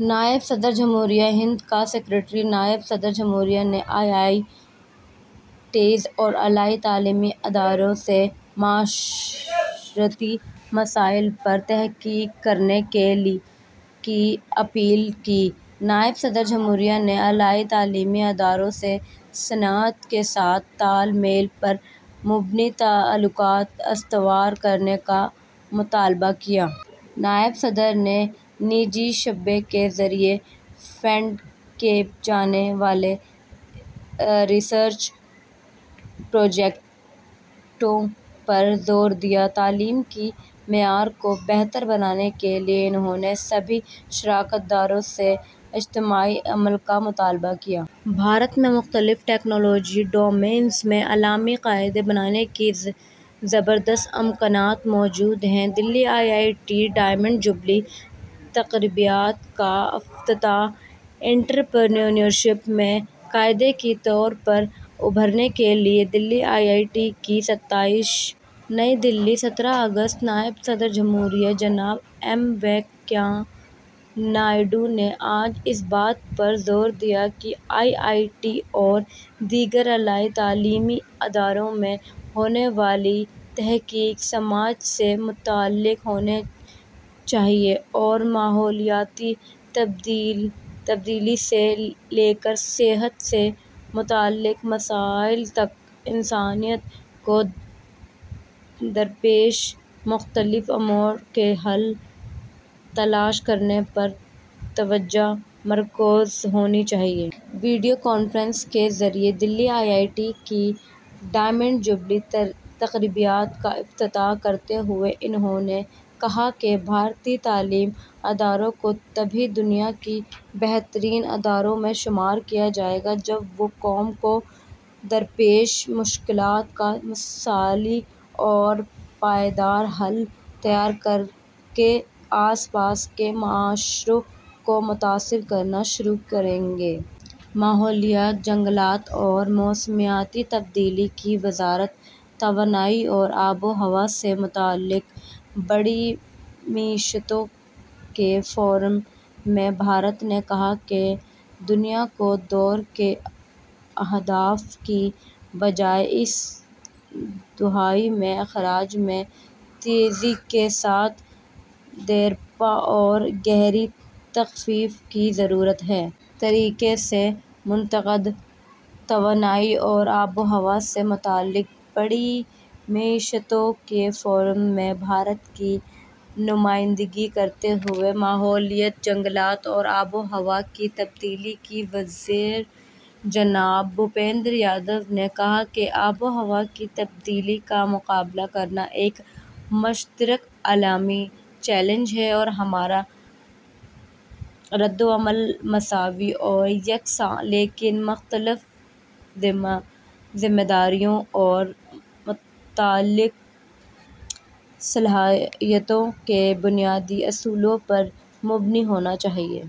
نائب صدر جمہوریہ ہند کا سکریٹریٹ نائب صدر جمہوریہ نے آئی آئی ٹیز اور اعلیٰ تعلیمی اداروں سے معاشرتی مسائل پر تحقیق کرنے کی اپیل کی۔ نائب صدر جمہوریہ نے اعلیٰ تعلیمی اداروں سے صنعت کے ساتھ تال میل پر مبنی تعلقات استوار کرنے کا مطالبہ کیا۔ نائب صدر نے نجی شعبے کے ذریعے فنڈ کیے جانے والے ریسرچ پروجیکٹوں پر زور دیا۔ تعلیم کے معیار کو بہتر بنانے کے لیے انہوں نے سبھی شراکت داروں سے اجتماعی عمل کا مطالبہ کیا۔ بھارت میں مختلف ٹیکنالوجی ڈومینز میں عالمی قائد بننے کے زبردست امکانات موجود ہیں۔ Delhi I I T diamond jubilee تقریبات کا افتتاح۔ انٹرپرینیورشپ میں قائد کے طور پر ابھرنے کے لیے دلی آئی آئی ٹی کی ستائش۔ نئی دلی، سترہ اگست، نائب صدر جمہوریہ، جناب ایم وینکیا نائیڈو نے آج اس بات پر زور دیا کہ آئی آئی ٹی اور دیگر اعلیٰ تعلیمی اداروں میں ہونے والی تحقیق سماج سے متعلق ہونی چاہیے اور ماحولیاتی تبدیلی سے لے کر صحت سے متعلق مسائل تک انسانیت کو درپیش مختلف امور کے حل تلاش کرنے پر توجہ مرکوز ہونی چاہیے۔ ویڈیو کانفرنس کے ذریعے دلی آئی آئی ٹی کے ڈائمنڈ جبلی تقریبات کا افتتاح کرتے ہوئے انہوں نے کہا کہ بھارتی تعلیمی اداروں کو تبھی دنیا کے بہترین اداروں میں شمار کیا جائے گا، جب وہ قوم کو درپیش مشکلات کا مثالی اور پائیدار حل تیار کرکے آس پاس کے معاشروں کو متاثر کرنا شروع کریں گے۔ ماحولیات، جنگلات اور موسمیاتی تبدیلی کی وزارت توانائی اور آب و ہوا سے متعلق بڑی معیشتوں کے فورم میں بھارت نے کہا کہ دنیا کو دور کے اہداف کی بجائے اسی دہائی میں اخراج میں تیزی کے ساتھ دیرپا اور گہری تخفیف کی ضرورت ہے۔ طریقے سے منعقدہ توانائی اور آب و ہوا سے متعلق بڑی معیشتوں کے فورم میں بھارت کی نمائندگی کرتے ہوئے ماحولیات، جنگلات اور آب و ہوا کی تبدیلی کے وزیر جناب بھوپیندر یادو نے کہا کہ آب و ہوا کی تبدیلی کا مقابلہ کرنا ایک مشترکہ عالمی چیلنج ہے اور ہمارا ردعمل مساوی اور یکساں لیکن مختلف ذمہ داریوں اور متعلقہ صلاحیتوں کے بنیادی اصولوں پر مبنی ہونا چاہیے۔